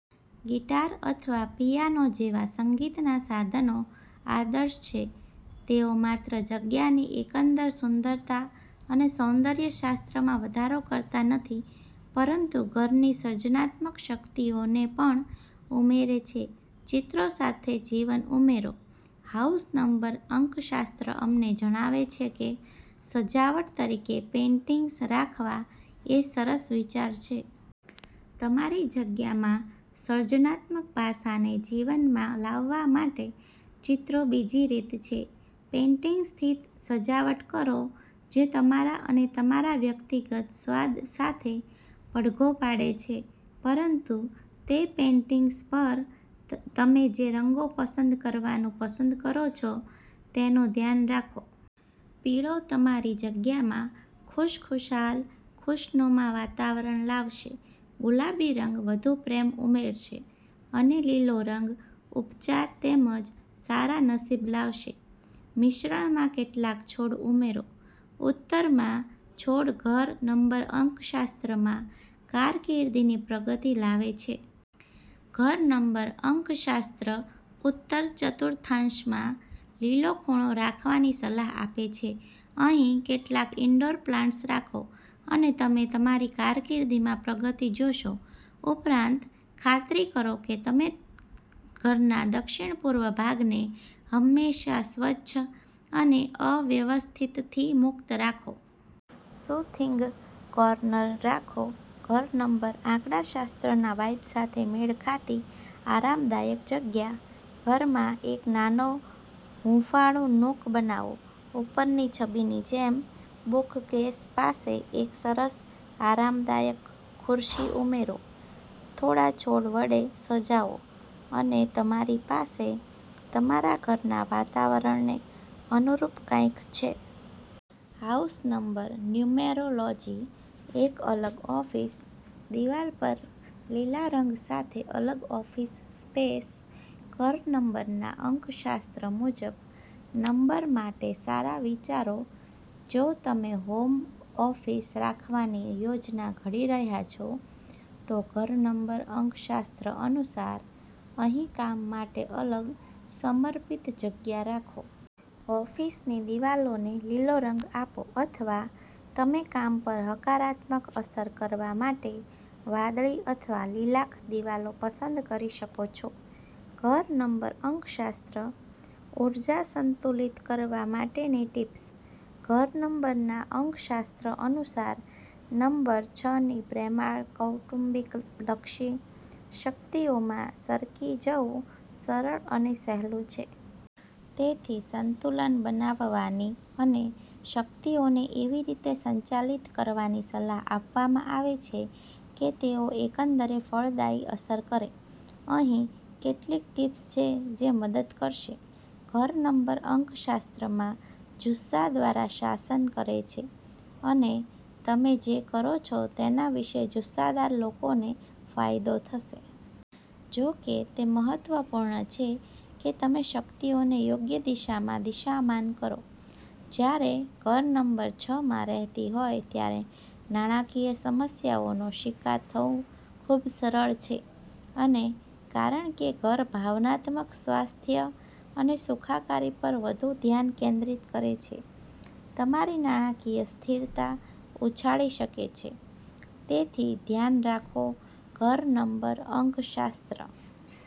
Guitar અથવા piano જેવા સંગીતનાં સાધનો આદર્શ છે. તેઓ માત્ર જગ્યાની એકંદર સુંદરતા અને સૌંદર્ય શાસ્ત્રમાં વધારો કરતા નથી, પરંતુ ઘરની સર્જનાત્મક શક્તિઓને પણ ઉમેરે છે. ચિત્રો સાથે જીવન ઉમેરો. હાઉસ નંબર અંકશાસ્ત્ર અમને જણાવે છે કે સજાવટ તરીકે પેઇન્ટિંગ્સ રાખવા એ સરસ વિચાર છે. તમારી જગ્યામાં સર્જનાત્મક પાસાને જીવનમાં લાવવા માટે ચિત્રો બીજી રીત છે. પેઇન્ટિંગ્સથી સજાવટ કરો જે તમારા અને તમારા વ્યક્તિગત સ્વાદ સાથે પડઘો પાડે છે. પરંતુ, તે પેઇન્ટિંગ્સ પર તમે જે રંગો પસંદ કરવાનું પસંદ કરો છો તેનું ધ્યાન રાખો. પીળો તમારી જગ્યામાં ખુશખુશાલ, ખુશનુમા વાતાવરણ લાવશે, ગુલાબી રંગ વધુ પ્રેમ ઉમેરશે, અને લીલો રંગ ઉપચાર તેમજ સારા નસીબ લાવશે. મિશ્રણમાં કેટલાક છોડ ઉમેરો. ઉત્તરમાં છોડ ઘર નંબર અંકશાસ્ત્રમાં કારકિર્દીની પ્રગતિ લાવે છે. ઘર નંબર અંકશાસ્ત્ર ઉત્તર ચતુર્થાંશમાં લીલો ખૂણો રાખવાની સલાહ આપે છે. અહીં કેટલાક ઇન્ડોર પ્લાન્ટ્સ રાખો અને તમે તમારી કારકિર્દીમાં પ્રગતિ જોશો. ઉપરાંત, ખાતરી કરો કે તમે ઘરના દક્ષિણ-પૂર્વ ભાગને હંમેશા સ્વચ્છ અને અવ્યવસ્થિતથી મુક્ત રાખો. સુથિંગ કોર્નર રાખો. ઘર નંબર અંકશાસ્ત્રના વાઇબ સાથે મેળ ખાતી આરામદાયક જગ્યા. ઘરમાં એક નાનો હૂંફાળું નૂક બનાવો. ઉપરની છબીની જેમ બુકકેસ પાસે એક સરસ, આરામદાયક ખુરશી ઉમેરો, થોડા છોડ વડે સજાવો અને તમારી પાસે તમારા ઘરના વાતાવરણને અનુરૂપ કંઈક છે. House number numerology. એક અલગ ઓફિસ. દિવાલ પર લીલા રંગ સાથે અલગ ઓફિસ સ્પેસ, ઘર નંબરના અંકશાસ્ત્ર મુજબ નંબર માટે સારા વિચારો જો તમે હોમ ઓફિસ રાખવાની યોજના ઘડી રહ્યા છો, તો ઘર નંબર અંકશાસ્ત્ર અનુસાર, અહીં કામ માટે અલગ, સમર્પિત જગ્યા રાખો. ઓફિસની દિવાલોને લીલો રંગ આપો, અથવા તમે કામ પર હકારાત્મક અસર કરવા માટે વાદળી અથવા લીલાક દિવાલો પસંદ કરી શકો છો. ઘર નંબર અંકશાસ્ત્ર. ઊર્જા સંતુલિત કરવા માટેની ટિપ્સ. ઘર નંબરના અંકશાસ્ત્ર અનુસાર નંબર છની પ્રેમાળ, કૌટુંબિક લક્ષી શક્તિઓમાં સરકી જવું સરળ અને સહેલું છે. તેથી સંતુલન બનાવવાની અને શક્તિઓને એવી રીતે સંચાલિત કરવાની સલાહ આપવામાં આવે છે કે તેઓ એકંદરે ફળદાયી અસર કરે. અહીં કેટલીક ટીપ્સ છે જે મદદ કરશે. ઘર નંબર અંકશાસ્ત્રમાં જુસ્સા દ્વારા શાસન કરે છે અને તમે જે કરો છો તેના વિશે જુસ્સાદાર લોકોને ફાયદો થશે. જો કે, તે મહત્વપૂર્ણ છે કે તમે શક્તિઓને યોગ્ય દિશામાં દિશામાન કરો. જ્યારે ઘર નંબર છમાં રહેતી હોય ત્યારે નાણાકીય સમસ્યાઓનો શિકાર થવું ખૂબ સરળ છે. અને, કારણ કે ઘર ભાવનાત્મક સ્વાસ્થ્ય અને સુખાકારી પર વધુ ધ્યાન કેન્દ્રિત કરે છે, તમારી નાણાકીય સ્થિરતા ઉછાળી શકે છે. તેથી, ધ્યાન રાખો, ઘર નંબર અંકશાસ્ત્ર